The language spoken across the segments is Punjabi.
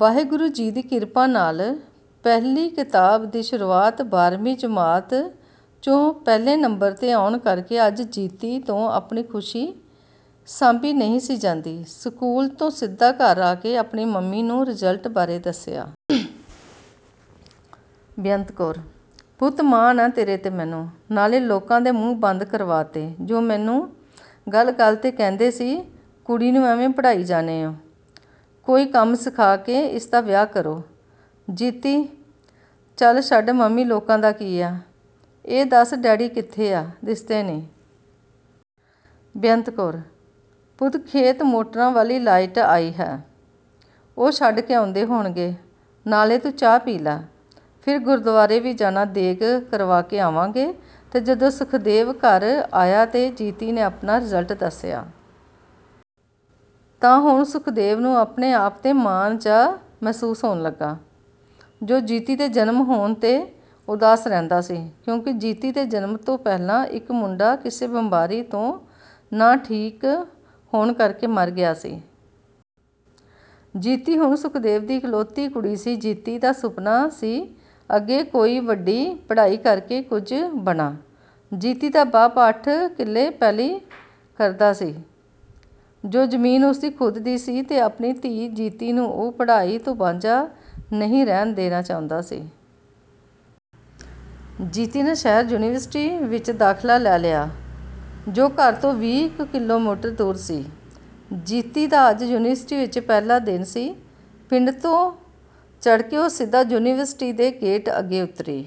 ਵਾਹਿਗੁਰੂ ਜੀ ਦੀ ਕਿਰਪਾ ਨਾਲ ਪਹਿਲੀ ਕਿਤਾਬ ਦੀ ਸੁਰੂਆਤ ਬਾਰਵੀਂ ਜਮਾਤ ਚੋਂ ਪਹਿਲੇ ਨੰਬਰ ਤੇ ਆਉਣ ਕਰਕੇ ਅੱਜ ਜੀਤੀ ਤੋਂ ਆਪਣੀ ਖੁਸ਼ੀ ਸਾਂਭੀ ਨਹੀਂ ਸੀ ਜਾਂਦੀ। ਸਕੂਲ ਤੋਂ ਸਿੱਧਾ ਘਰ ਆਕੇ ਆਪਣੀ ਮੰਮੀ ਨੂੰ ਰਿਜਲਟ ਬਾਰੇ ਦੱਸਿਆ। ਬੇਅੰਤ ਕੌਰ – ਪੁੱਤ, ਮਾਣ ਆ ਤੇਰੇ ਤੇ ਮੈਨੂੰ, ਨਾਲੇ ਲੋਕਾਂ ਦੇ ਮੂੰਹ ਬੰਦ ਕਰਵਾ ਤੇ ਜੋ ਮੈਨੂੰ ਗੱਲ ਗੱਲ ਤੇ ਕਹਿੰਦੇ ਸੀ ਕੁੜੀ ਨੂੰ ਐਵੇ ਪੜ੍ਹਾਈ ਜਾਣੇ ਓ, ਕੋਈ ਕੰਮ ਸਿਖਾ ਕੇ, ਇਸਦਾ ਵਿਆਹ ਕਰੋ… ਜੀਤੀ – ਚਲ ਛੱਡ ਮੰਮੀ ਲੋਕਾਂ ਦਾ ਕੀ ਆ… ਏ ਦੱਸ ਡੈਡੀ ਕਿੱਥੇ ਆ ਦਿਸਦੇ ਨਹੀਂ…. ਬੇਅੰਤ ਕੌਰ – ਪੁੱਤ, ਖੇਤ ਮੋਟਰਾਂ ਵਾਲ਼ੀ ਲਾਈਟ ਆਈ ਆ। ਉਹ ਛੱਡ ਕੇ ਆਉਂਦੇ ਹੋਣਗੇ, ਨਾਲੇ ਤੂੰ ਚਾਹ ਪੀ ਲਾ.. ਫਿਰ ਗੁਰਦੁਆਰੇ ਵੀ ਜਾਣਾ ਦੇਗ ਕਰਵਾਕੇ ਆਵਾਂਗੇ ਤੇ ਜਦੋ ਸੁਖਦੇਵ ਘਰ ਆਇਆ ਤੇ ਜੀਤੀ ਨੇ ਆਪਣਾ ਰਿਜ਼ਲਟ ਦੱਸਿਆ। ਤਾ ਹੁਣ ਸੁਖਦੇਵ ਨੂੰ ਆਪਣੇ ਆਪ ਤੇ ਮਾਣ ਜਾ ਮਹਿਸੂਸ ਹੋਣ ਲੱਗਾ, ਜੋ ਜੀਤੀ ਦੇ ਜਨਮ ਹੋਣ ਤੇ ਉਦਾਸ ਰਹਿੰਦਾ ਸੀ…. ਕਿਉਕਿ ਜੀਤੀ ਦੇ ਜਨਮ ਤੋਂ ਪਹਿਲਾਂ ਇੱਕ ਮੁੰਡਾ ਕਿਸੇ ਬਿਮਾਰੀ ਤੋ ਨਾ ਠੀਕ ਹੋਣ ਕਰਕੇ ਮਰ ਗਿਆ ਸੀ। ਜੀਤੀ ਹੁਣ ਸੁਖਦੇਵ ਦੀ ਇਕਲੌਤੀ ਕੁੜੀ ਸੀ ਜੀਤੀ ਦਾ ਸੁਪਨਾ ਸੀ ਅੱਗੇ ਕੋਈ ਵੱਡੀ ਪੜਾਈ ਕਰਕੇ ਕੁਝ ਬਣਾ.. ਜੀਤੀ ਦਾ ਬਾਪ ਅੱਠ ਕ਼ ਕਿੱਲੇ ਪੈਲ਼ੀ ਕਰਦਾ ਸੀ, ਜੋ ਜਮੀਨ ਉਸਦੀ ਖੁਦ ਦੀ ਸੀ ਤੇ ਆਪਣੀ ਧੀ ਜੀਤੀ ਨੂੰ ਉਹ ਪੜਾਈ ਤੋਂ ਬਾਂਝਾ ਨਹੀਂ ਰਹਿਣ ਦੇਣ ਚਾਹੁੰਦਾ ਸੀ…. ਜੀਤੀ ਨੇ ਸ਼ਹਿਰ ਯੂਨੀਵਰਸਿਟੀ ਵਿੱਚ ਦਾਖਲਾ ਲੈ ਲਿਆ, ਜੋ ਘਰ ਤੋਂ ਵੀਹ ਕ਼ ਕਿੱਲੋਮੀਟਰ ਦੂਰ ਸੀ। ਜੀਤੀ ਦਾ ਅੱਜ ਯੂਨੀਵਰਸਿਟੀ ਵਿੱਚ ਪਹਿਲਾਂ ਦਿਨ ਸੀ ਪਿੰਡ ਤੋਂ ਬੱਸ ਚੜਕੇ ਉਹ ਸਿੱਧਾ ਯੂਨੀਵਰਸਿਟੀ ਦੇ ਗੇਟ ਅੱਗੇ ਉੱਤਰੀ।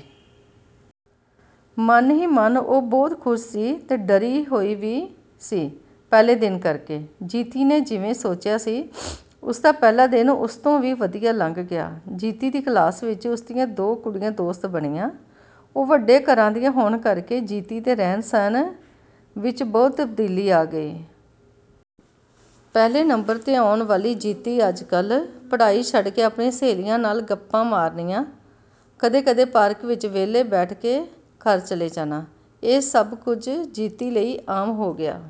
ਮਨ ਹੀ ਮਨ ਉਹ ਬਹੁਤ ਖੁਸ਼ ਸੀ ਤੇ ਡਰੀ ਹੋਈ ਵੀ ਸੀ, ਪਹਿਲੇ ਦਿਨ ਕਰਕੇ….. ਜੀਤੀ ਨੇ ਜਿਵੇ ਸੋਚਿਆ ਸੀ, ਉਸਦਾ ਪਹਿਲਾ ਦਿਨ ਉਸਤੋਂ ਵੀ ਵਧੀਆ ਲੰਘ ਗਿਆ…. ਜੀਤੀ ਦੀ ਕਲਾਸ ਵਿੱਚ ਉਸਦੀਆ ਜੋ ਕੁੜੀਆਂ ਦੋਸਤ ਬਣੀਆਂ, ਉਹ ਵੱਡੇ ਘਰਾਂ ਦੀਆਂ ਹੋਣ ਕਰਕੇ ਜੀਤੀ ਦੇ ਰਹਿਣ ਸਹਿਣ ਵਿੱਚ ਬਹੁਤ ਤਬਦੀਲੀ ਆ ਗਈ। ਪਹਿਲੇ ਨੰਬਰ ਤੇ ਆਉਣ ਵਾਲੀ ਜੀਤੀ ਅੱਜ ਕੱਲ ਪੜ੍ਹਾਈ ਛੱਡਕੇ ਆਪਣੀਆ ਸਹੇਲੀਆਂ ਨਾਲ ਗੱਪਾ ਮਾਰਨੀਆਂ, ਕਦੇ ਕਦੇ ਪਾਰਕ ਵਿੱਚ ਵੇਹਲੇ ਬੈਠ ਕੇ ਘਰ ਚਲੇ ਜਾਣਾ, ਇਹ ਸਭ ਕੁਝ ਜੀਤੀ ਲਈ ਆਮ ਹੋ ਗਿਆ